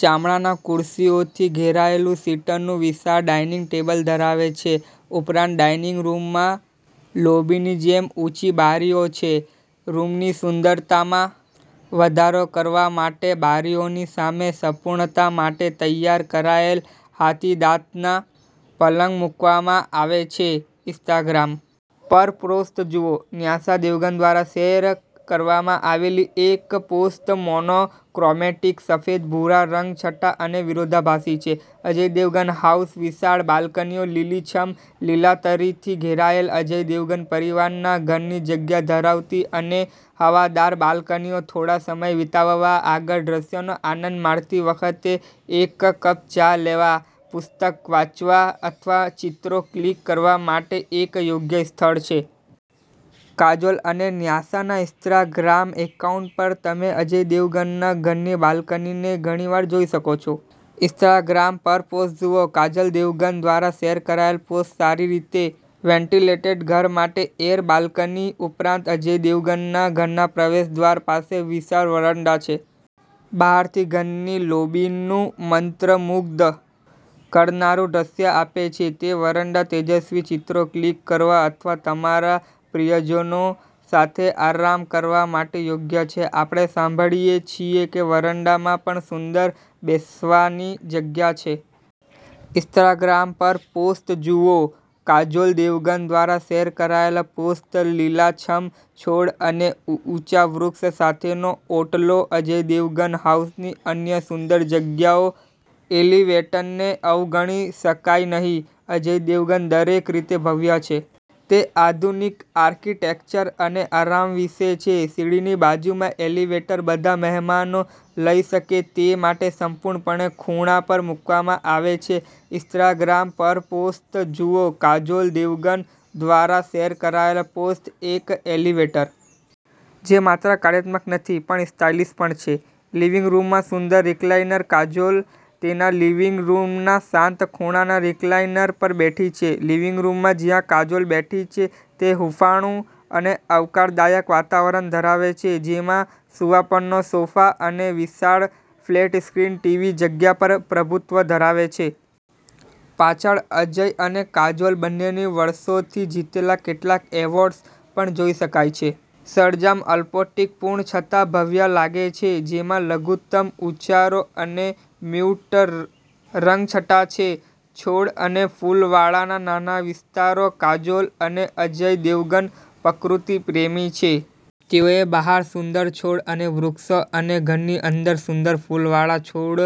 ચામડાની ખુરશીઓથી ઘેરાયેલુંસીટરનું વિશાળ dining table ધરાવે છે. ઉપરાંત, ડાઇનિંગ રૂમમાં લોબીની જેમ ઊંચી બારીઓ છે. રૂમની સુંદરતામાં વધારો કરવા માટે બારીઓની સામે, સંપૂર્ણતા માટે તૈયાર કરાયેલ હાથીદાંતના પલંગ મૂકવામાં આવે છે. ઇન્સ્ટાગ્રામ પરપ્રોસ્ટ જુઓ ન્યાસા દેવગન દ્વારા શેર કરવામાં આવેલી એક પોસ્ટ મોનોક્રોમેટિક સફેદ ભૂરા રંગછટા અને વિરોધાભાસી છે દેવગન હાઉસની વિશાળ બાલ્કનીઓ લીલીછમ લીલોતરીથી ઘેરાયેલ, અજય દેવગન પરિવારના ઘરની જગ્યા ધરાવતી અને હવાદાર બાલ્કનીઓ થોડો સમય વિતાવવા, આગળના દૃશ્યનો આનંદ માણતી વખતે એક કપ ચા લેવા, પુસ્તક વાંચવા અથવા ચિત્રો ક્લિક કરવા માટે એક યોગ્ય સ્થળ છે. કાજોલ અને ન્યાસાના ઇન્સ્ત્રાગ્રામ એકાઉન્ટ્સ પર તમે અજય દેવગનના ઘરનીબાલ્કનીને ઘણીવાર જોઈ શકો છો. ઇન્સ્ત્રાગ્રામ પરપોસ્ટ જુઓ કાજોલ દેવગન દ્વારા શેર કરાયેલ પોસ્ટ સારી રીતે વેન્ટિલેટેડ ઘર માટે એર બાલ્કની ઉપરાંત, અજય દેવગનના ઘરના પ્રવેશદ્વાર પાસે વિશાળ વરંડા છે. બહારથી ઘરની લોબીનું મંત્રમુગ્ધ કરનારું દૃશ્ય આપે છે તે વરંડા તેજસ્વી ચિત્રો ક્લિક કરવા અથવા તમારા પ્રિયજનો સાથે આરામ કરવા માટે યોગ્ય છે. આપણે સાંભળીએ છીએ કે વરંડામાં પણ સુંદર બેસવાની જગ્યા છે. ઇન્સ્ત્રાગ્રામ પર પોસ્ટ જુઓ કાજોલ દેવગન દ્વારા શેર કરાયેલ પોસ્ટ લીલાછમ છોડ અને ઊંચા વૃક્ષો સાથેનો ઓટલો અજય દેવગન હાઉસની અન્ય સુંદર જગ્યાઓ એલિવેટરને અવગણી શકાય નહીં અજય દેવગન દરેક રીતે ભવ્ય છે. તે આધુનિક આર્કિટેક્ચર અને આરામ વિશે છે. સીડીની બાજુમાં એલિવેટર બધા મહેમાનો લઈ શકે તે માટે સંપૂર્ણપણે ખૂણા પર મૂકવામાં આવે છે. ઇન્સ્ટાગ્રામ પરપોસ્ટ જુઓ કાજોલ દેવગન દ્વારા શેર કરાયેલ પોસ્ટ એક એલિવેટર જે માત્ર કાર્યાત્મક નથી પણ સ્ટાઇલિશ પણ છે લિવિંગ રૂમમાં સુંદર રેક્લાઇનર કાજોલ તેના લિવિંગ રૂમના શાંત ખૂણામાં રિક્લાઇનર પર બેઠી છે લિવિંગ રૂમ જ્યાં કાજોલ બેઠી છે તે હૂંફાળું અને આવકારદાયક વાતાવરણ ધરાવે છે, જેમાં સુંવાળપનો સોફા અને વિશાળ ફ્લેટ-સ્ક્રીન ટીવી જગ્યા પર પ્રભુત્વ ધરાવે છે. પાછળ, અજય અને કાજોલ બંનેએ વર્ષોથી જીતેલા કેટલાક એવોર્ડ્સ પણ જોઈ શકાય છે. સરંજામ અલ્પોક્તિપૂર્ણ છતાં ભવ્ય લાગે છે, જેમાં લઘુત્તમ ઉચ્ચારો અને મ્યૂટ રંગછટા છે. છોડ અને ફૂલવાળા નાના વિસ્તારો કાજોલ અને અજય દેવગન પકૃતિ પ્રેમી છે. તેઓએ બહાર સુંદર છોડ અને વૃક્ષો અને ઘરની અંદર સુંદર ફૂલોવાળા છોડ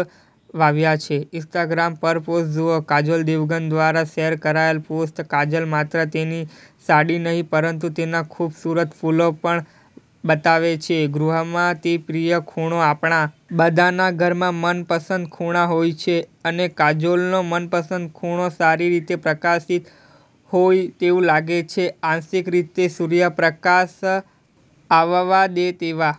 વાવ્યા છે. ઇન્સ્ટાગ્રામ પરપોસ્ટ જુઓ કાજોલ દેવગન દ્વારા શેર કરાયેલ પોસ્ટ કાજોલ માત્ર તેની સાડીનહીં પરંતુ તેના ખૂબસૂરત ફૂલો પણ બતાવે છે ગૃહમાં તે પ્રિય ખૂણો આપણા બધાના ઘરમાં મનપસંદ ખૂણા હોય છે, અને કાજોલનો મનપસંદ ખૂણો સારી રીતે પ્રકાશિત હોય તેવું લાગે છે. આંશિક રીતે સૂર્યપ્રકાશ આવવા દે તેવા